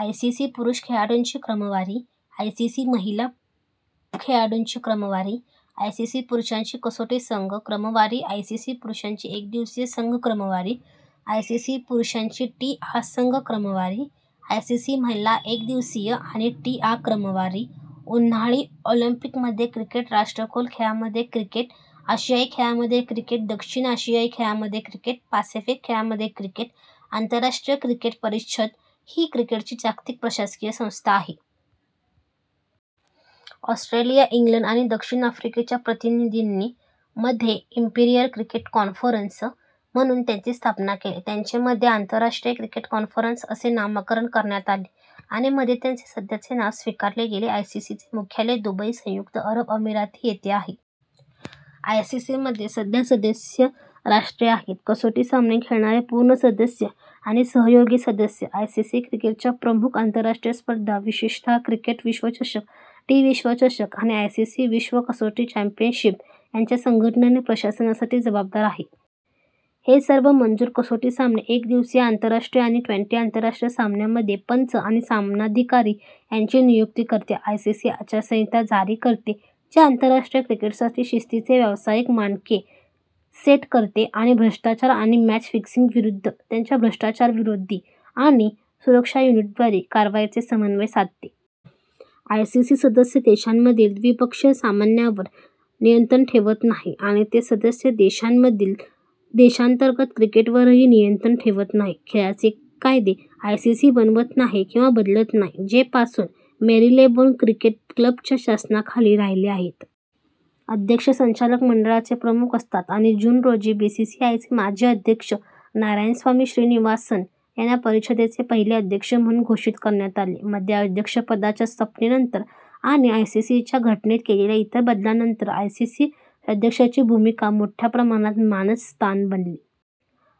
ICC पुरुष खेळाडूंची क्रमवारी आयसीसी महिला खेळाडूंची क्रमवारी आयसीसी पुरुषांची कसोटी संघ क्रमवारी आयसीसी पुरुषांची एकदिवसीय संघ क्रमवारी आयसीसी पुरुषांची टी आ संघ क्रमवारी आयसीसी महिला एकदिवसीय आणि टी आ क्रमवारी उन्हाळी ऑलिंपिकमध्ये क्रिकेट राष्ट्रकुल खेळांमध्ये क्रिकेट आशियाई खेळांमध्ये क्रिकेट दक्षिण आशियाई खेळांमध्ये क्रिकेट पॅसिफिक खेळांमध्ये क्रिकेट आंतरराष्ट्रीय क्रिकेट परिषद ही क्रिकेटची जागतिक प्रशासकीय संस्था आहे. ऑस्ट्रेलिया, इंग्लंड आणि दक्षिण आफ्रिकेच्या प्रतिनिधींनी मध्ये "इम्पीरियल क्रिकेट कॉन्फरन्स" म्हणून त्याची स्थापना केली. त्याचे मध्ये आंतरराष्ट्रीय क्रिकेट कॉन्फरन्स असे नामकरण करण्यात आले आणि मध्ये त्याचे सध्याचे नाव स्वीकारले गेले. आयसीसी चे मुख्यालय दुबई, संयुक्त अरब अमिराती येथे आहे. आयसीसी मध्ये सध्या सदस्य राष्ट्रे आहेत: कसोटी सामने खेळणारे पूर्ण सदस्य आणि सहयोगी सदस्य. आयसीसी क्रिकेटच्या प्रमुख आंतरराष्ट्रीय स्पर्धा, विशेषतः क्रिकेट विश्वचषक, टी- विश्वचषक आणि आयसीसी विश्व कसोटी चॅम्पियनशिप यांच्या संघटना आणि प्रशासनासाठी जबाबदार आहे. हे सर्व मंजूर कसोटी सामने, एक दिवसीय आंतरराष्ट्रीय आणि ट्वेंटी- आंतरराष्ट्रीय सामन्यांमध्ये पंच आणि सामनाधिकारी यांची नियुक्ती करते. आयसीसी आचारसंहिता जारी करते, जे आंतरराष्ट्रीय क्रिकेटसाठी शिस्तीचे व्यावसायिक मानके सेट करते आणि भ्रष्टाचार आणि मॅच फिक्सिंगविरुद्ध त्याच्या भ्रष्टाचारविरोधी आणि सुरक्षा युनिटद्वारे कारवाईचे समन्वय साधते. आयसीसी सदस्य देशांमधील द्विपक्षीय सामन्यांवर नियंत्रण ठेवत नाही आणि ते सदस्य देशांमधील देशांतर्गत क्रिकेटवरही नियंत्रण ठेवत नाही. खेळाचे कायदे आयसीसी बनवत नाही किंवा बदलत नाही, जे पासून मेरीलेबोन क्रिकेट क्लबच्या शासनाखाली राहिले आहेत. अध्यक्ष संचालक मंडळाचे प्रमुख असतात आणि जून रोजी, बीसीसीआयचे माजी अध्यक्ष नारायणस्वामी श्रीनिवासन यांना परिषदेचे पहिले अध्यक्ष म्हणून घोषित करण्यात आले. मध्ये अध्यक्षपदाच्या स्थापनेनंतर आणि आयसीसीच्या घटनेत केलेल्या इतर बदलांनंतर आयसीसी अध्यक्षाची भूमिका मोठ्या प्रमाणात मानद स्थान बनली.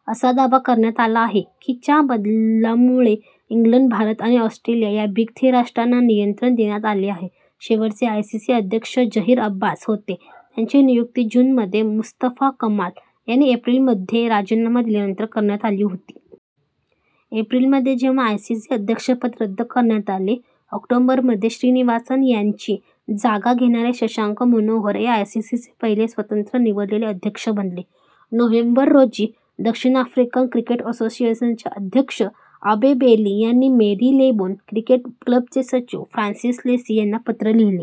असा दावा करण्यात आला आहे की च्या बदलांमुळे इंग्लंड, भारत आणि ऑस्ट्रेलिया या 'बिग थ्री' राष्ट्रांना नियंत्रण देण्यात आले आहे. शेवटचे आयसीसी अध्यक्ष झहीर अब्बास होते, त्यांची नियुक्ती जून मध्ये मुस्तफा कमाल यांनी एप्रिल मध्ये राजीनामा दिल्यानंतर करण्यात आली होती. एप्रिल मध्ये जेव्हा आयसीसी अध्यक्षपद रद्द करण्यात आले, ऑक्टोबर मध्ये श्रीनिवासन यांची जागा घेणारे शशांक मनोहर हे आयसीसीचे पहिले स्वतंत्र निवडलेले अध्यक्ष बनले. नोव्हेंबर रोजी, दक्षिण आफ्रिकन क्रिकेट असोसिएशनचे अध्यक्ष अबे बेली यांनी मेरीलेबोन क्रिकेट क्लबचे सचिव, फ्रान्सिस लेसी यांना पत्र लिहिले.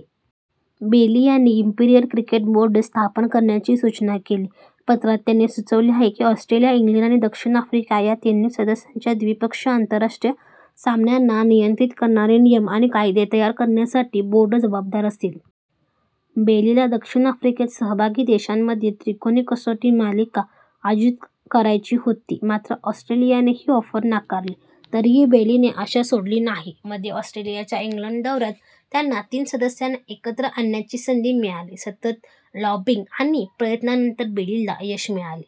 बेली यांनी 'इम्पीरियल क्रिकेट बोर्ड' स्थापन करण्याची सूचना केली. पत्रात त्यांनी सुचवले आहे की ऑस्ट्रेलिया, इंग्लंड आणि दक्षिण आफ्रिका या तिन्ही सदस्यांच्या द्विपक्षीय आंतरराष्ट्रीय सामन्यांना नियंत्रित करणारे नियम आणि कायदे तयार करण्यासाठी बोर्ड जबाबदार असेल. बेलीला दक्षिण आफ्रिकेत सहभागी देशांमधील त्रिकोणी कसोटी मालिका आयोजित करायची होती. मात्र, ऑस्ट्रेलियाने ही ऑफर नाकारली. तरीही बेलीने आशा सोडली नाही. मध्ये ऑस्ट्रेलियाच्या इंग्लंड दौऱ्यात त्यांना तीन सदस्यांना एकत्र आणण्याची संधी मिळाली. सतत लॉबिंग आणि प्रयत्नांनंतर, बेलीला यश मिळाले.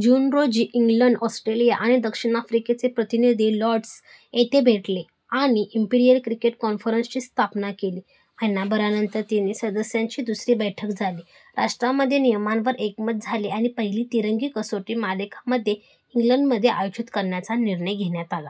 जून रोजी, इंग्लंड, ऑस्ट्रेलिया आणि दक्षिण आफ्रिकेचे प्रतिनिधी लॉर्ड्स येथे भेटले आणि इम्पीरियल क्रिकेट कॉन्फरन्स ची स्थापना केली. महिनाभरानंतर तिन्ही सदस्यांची दुसरी बैठक झाली. राष्ट्रांमध्ये नियमांवर एकमत झाले आणि पहिली तिरंगी कसोटी मालिका मध्ये इंग्लंडमध्ये आयोजित करण्याचा निर्णय घेण्यात आला.